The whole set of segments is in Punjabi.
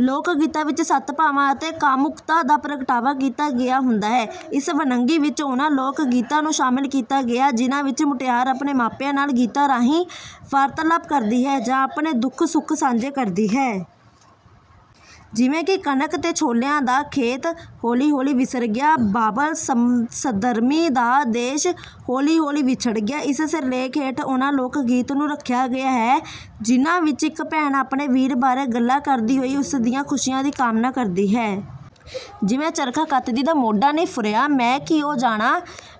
ਲੋਕ ਗੀਤਾਂ ਵਿੱਚ ਸੱਤ ਭਾਵਾਂ ਅਤੇ ਕਾਮੁਕਤਾ ਦਾ ਪ੍ਰਗਟਾਵਾ ਕੀਤਾ ਗਿਆ ਹੁੰਦਾ ਹੈ। ਇਸ ਵੰਨਗੀ ਵਿੱਚ ਉਹਨਾਂ ਲੋਕ ਗੀਤਾਂ ਨੂੰ ਸ਼ਾਮਲ ਕੀਤਾ ਗਿਆ ਹੈ, ਜਿਨ੍ਹਾਂ ਵਿੱਚ ਮੁਟਿਆਰ ਆਪਣੇ ਮਾਪਿਆਂ ਨਾਲ ਗੀਤਾਂ ਰਾਹੀਂ ਵਾਰਤਾਲਾਪ ਕਰਦੀ ਹੈ ਜਾਂ ਆਪਣੇ ਦੁੱਖ-ਸੁੱਖ ਸਾਂਝੇ ਕਰਦੀ ਹੈ। ਜਿਵੇਂ ਕਿ ਕਣਕ ਤੇ ਛੋਲਿਆਂ ਦਾ ਖੇਤ, ਹੌਲੀ-ਹੌਲੀ ਵਿਸਰ ਗਿਆ। ਬਾਬਲ ਸਧਰਮੀ ਦਾ ਦੇਸ਼, ਹੌਲੀ-ਹੌਲੀ ਵਿਛੜ ਗਿਆ। ਇਸ ਸਿਰਲੇਖ ਹੇਠ ਉਹਨਾਂ ਲੋਕ ਗੀਤਾਂ ਨੂੰ ਰੱਖਿਆ ਗਿਆ ਹੈ, ਜਿਨ੍ਹਾਂ ਵਿੱਚ ਇੱਕ ਭੈਣ ਆਪਣੇ ਵੀਰ ਬਾਰੇ ਗੱਲਾਂ ਕਰਦੀ ਹੋਈ ਉਸ ਦੀਆਂ ਖੁਸ਼ੀਆਂ ਦੀ ਕਾਮਨਾ ਕਰਦੀ ਹੈ। ਜਿਵੇਂ ਚਰਖਾ ਕੱਤਦੀ ਦਾ ਮੋਢਾ ਨੀ ਫੁਰਿਆ, ਮੈਂ ਕੀ ਓ ਜਾਣਾ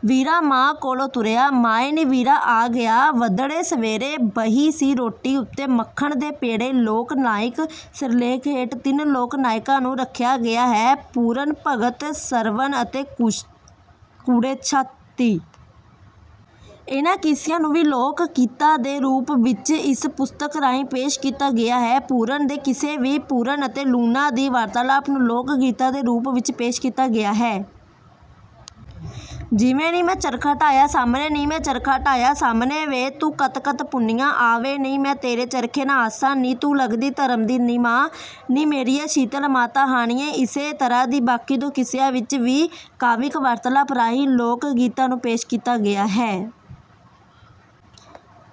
ਵੀਰਾ, ਮਾਂ ਕੋਲੋਂ ਤੁਰਿਆ। ਮਾਏ ਨੀ ਵੀਰਾ ਆ ਗਿਆ ਵੱਡੜੇ ਸਵੇਰੇ, ਬਹੀ ਸੀ ਰੋਟੀ ਉੱਤੇ ਮੱਖਣ ਦੇ ਪੇੜੇ। ਲੋਕ ਨਾਇਕ ਸਿਰਲੇਖ ਹੇਠ ਤਿੰਨ ਲੋਕ ਨਾਇਕਾਂ ਨੂੰ ਰੱਖਿਆ ਗਿਆ ਹੈ ਪੂਰਨ ਭਗਤ ,ਸਰਵਣ ਅਤੇ ਕੁੜੇ ਸ਼ਾਤੀ। ਇਹਨਾਂ ਕਿੱਸਿਆਂ ਨੂੰ ਵੀ ਲੋਕ ਗੀਤਾਂ ਦੇ ਰੂਪ ਵਿੱਚ ਇਸ ਪੁਸਤਕ ਰਾਹੀਂ ਪੇਸ਼ ਕੀਤਾ ਗਿਆ ਹੈ। ਪੂਰਨ ਦੇ ਕਿੱਸੇ ਵਿੱਚ ਪੂਰਨ ਅਤੇ ਲੂਣਾ ਦੀ ਵਾਰਤਾਲਾਪ ਨੂੰ ਲੋਕ ਗੀਤਾਂ ਦੇ ਰੂਪ ਵਿੱਚ ਪੇਸ਼ ਕੀਤਾ ਗਿਆ ਹੈ। ਜਿਵੇਂ ਨੀ ਮੈਂ ਚਰਖਾ ਢਾਹਿਆ ਸਾਹਮਣੇ, ਨੀ ਮੈਂ ਚਰਖਾ ਢਾਹਿਆ ਸਾਹਮਣੇ। ਵੇ ਤੂੰ ਕੱਤ-ਕੱਤ ਪੂਣੀਆਂ ਆ ਵੇ, ਨੀ ਮੈਂ ਤੇਰੇ ਚਰਖੇ ਨਾ ਆਸਾਂ। ਨੀ ਤੂੰ ਲੱਗਦੀ ਧਰਮ ਦੀ ਮਾਂ, ਨੀ ਮੇਰੀਏ ਸ਼ੀਤਲ ਮਾਤਾ ਹਾਣੀਏ ਇਸੇ ਤਰ੍ਹਾਂ ਹੀ ਬਾਕੀ ਦੋ ਕਿੱਸਿਆਂ ਵਿੱਚ ਵੀ ਕਾਵਿਕ ਵਾਰਤਾਲਾਪ ਰਾਹੀਂ ਲੋਕ ਗੀਤਾਂ ਨੂੰ ਪੇਸ਼ ਕੀਤਾ ਗਿਆ ਹੈ।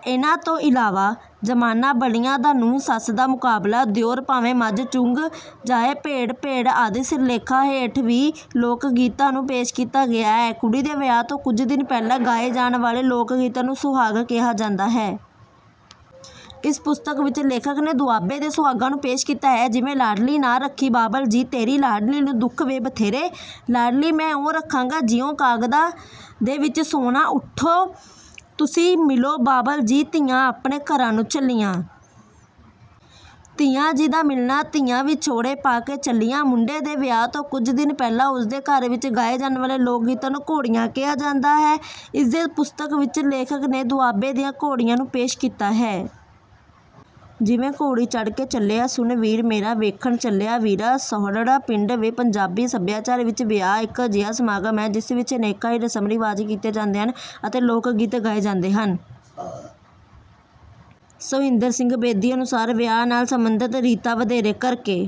ਇਹਨਾਂ ਤੋਂ ਇਲਾਵਾ ਜ਼ਮਾਨਾ ਬਲੀਆਂ ਦਾ, ਨੂੰਹ-ਸੱਸ ਦਾ ਮੁਕਾਬਲਾ, ਦਿਉਰ ਭਾਵੇਂ ਮੱਝ ਚੁੰਗ ਜਾਏ, ਭੇੜ-ਭੇੜ ਆਦਿ ਸਿਰਲੇਖਾਂ ਹੇਠ ਵੀ ਲੋਕ ਗੀਤਾਂ ਨੂੰ ਪੇਸ਼ ਕੀਤਾ ਗਿਆ ਹੈ। ਕੁੜੀ ਦੇ ਵਿਆਹ ਤੋਂ ਕੁਝ ਦਿਨ ਪਹਿਲਾਂ ਗਾਏ ਜਾਣ ਵਾਲੇ ਲੋਕ ਗੀਤਾਂ ਨੂੰ ਸੁਹਾਗ ਕਿਹਾ ਜਾਂਦਾ ਹੈ। ਇਸ ਪੁਸਤਕ ਵਿੱਚ ਲੇਖਕ ਨੇ ਦੁਆਬੇ ਦੇ ਸੁਹਾਗਾਂ ਨੂੰ ਪੇਸ਼ ਕੀਤਾ ਹੈ। ਜਿਵੇਂ ਲਾਡਲੀ ਨਾਂ ਰੱਖੀ ਬਾਬਲ ਜੀ, ਤੇਰੀ ਲਾਡਲੀ ਨੂੰ ਦੁੱਖ ਵੇ ਬਥੇਰੇ। ਲਾਡਲੀ ਮੈਂ ਇਉਂ ਰੱਖਾਂਗਾ, ਜਿਉਂ ਕਾਂਗਦਾ ਦੇ ਵਿੱਚ ਸੋਨਾ। ਉੱਠੋ ਤੁਸੀਂ ਮਿਲੋ ਬਾਬਲ ਜੀ, ਧੀਆਂ ਆਪਣੇ ਘਰਾਂ ਨੂੰ ਚੱਲੀਆਂ। ਧੀਆਂ ਜੀ ਦਾ ਮਿਲਣਾ, ਧੀਆਂ ਵਿਛੋੜੇ ਪਾ ਕੇ ਚੱਲੀਆਂ। ਮੁੰਡੇ ਦੇ ਵਿਆਹ ਤੋਂ ਕੁਝ ਦਿਨ ਪਹਿਲਾਂ ਉਸ ਦੇ ਘਰ ਵਿੱਚ ਗਾਏ ਜਾਣ ਵਾਲੇ ਲੋਕ ਗੀਤਾਂ ਨੂੰ ਘੋੜੀਆਂ ਕਿਹਾ ਜਾਂਦਾ ਹੈ। ਇਸ ਪੁਸਤਕ ਵਿੱਚ ਲੇਖਕ ਨੇ ਦੁਆਬੇ ਦੀਆਂ ਘੋੜੀਆਂ ਨੂੰ ਪੇਸ਼ ਕੀਤਾ ਹੈ। ਜਿਵੇਂ ਘੋੜੀ ਚੜ੍ਹ ਕੇ ਚੱਲਿਆ ਸੁਣ ਵੀਰ ਮੇਰਾ, ਵੇਖਣ ਚੱਲਿਆ ਵੀਰਾ ਸੌਹਰੜਾ ਪਿੰਡ ਵੇ। ਪੰਜਾਬੀ ਸੱਭਿਆਚਾਰ ਵਿੱਚ ਵਿਆਹ ਇੱਕ ਅਜਿਹਾ ਸਮਾਗਮ ਹੈ, ਜਿਸ ਵਿੱਚ ਅਨੇਕਾਂ ਹੀ ਰਸਮ-ਰਿਵਾਜ਼ ਕੀਤੇ ਜਾਂਦੇ ਹਨ ਅਤੇ ਲੋਕ ਗੀਤ ਗਾਏ ਜਾਂਦੇ ਹਨ। ਸੋਹਿੰਦਰ ਸਿੰਘ ਬੇਦੀ ਅਨੁਸਾਰ, ਵਿਆਹ ਨਾਲ ਸਬੰਧਤ ਰੀਤਾਂ ਵਧੇਰੇ ਕਰਕੇ…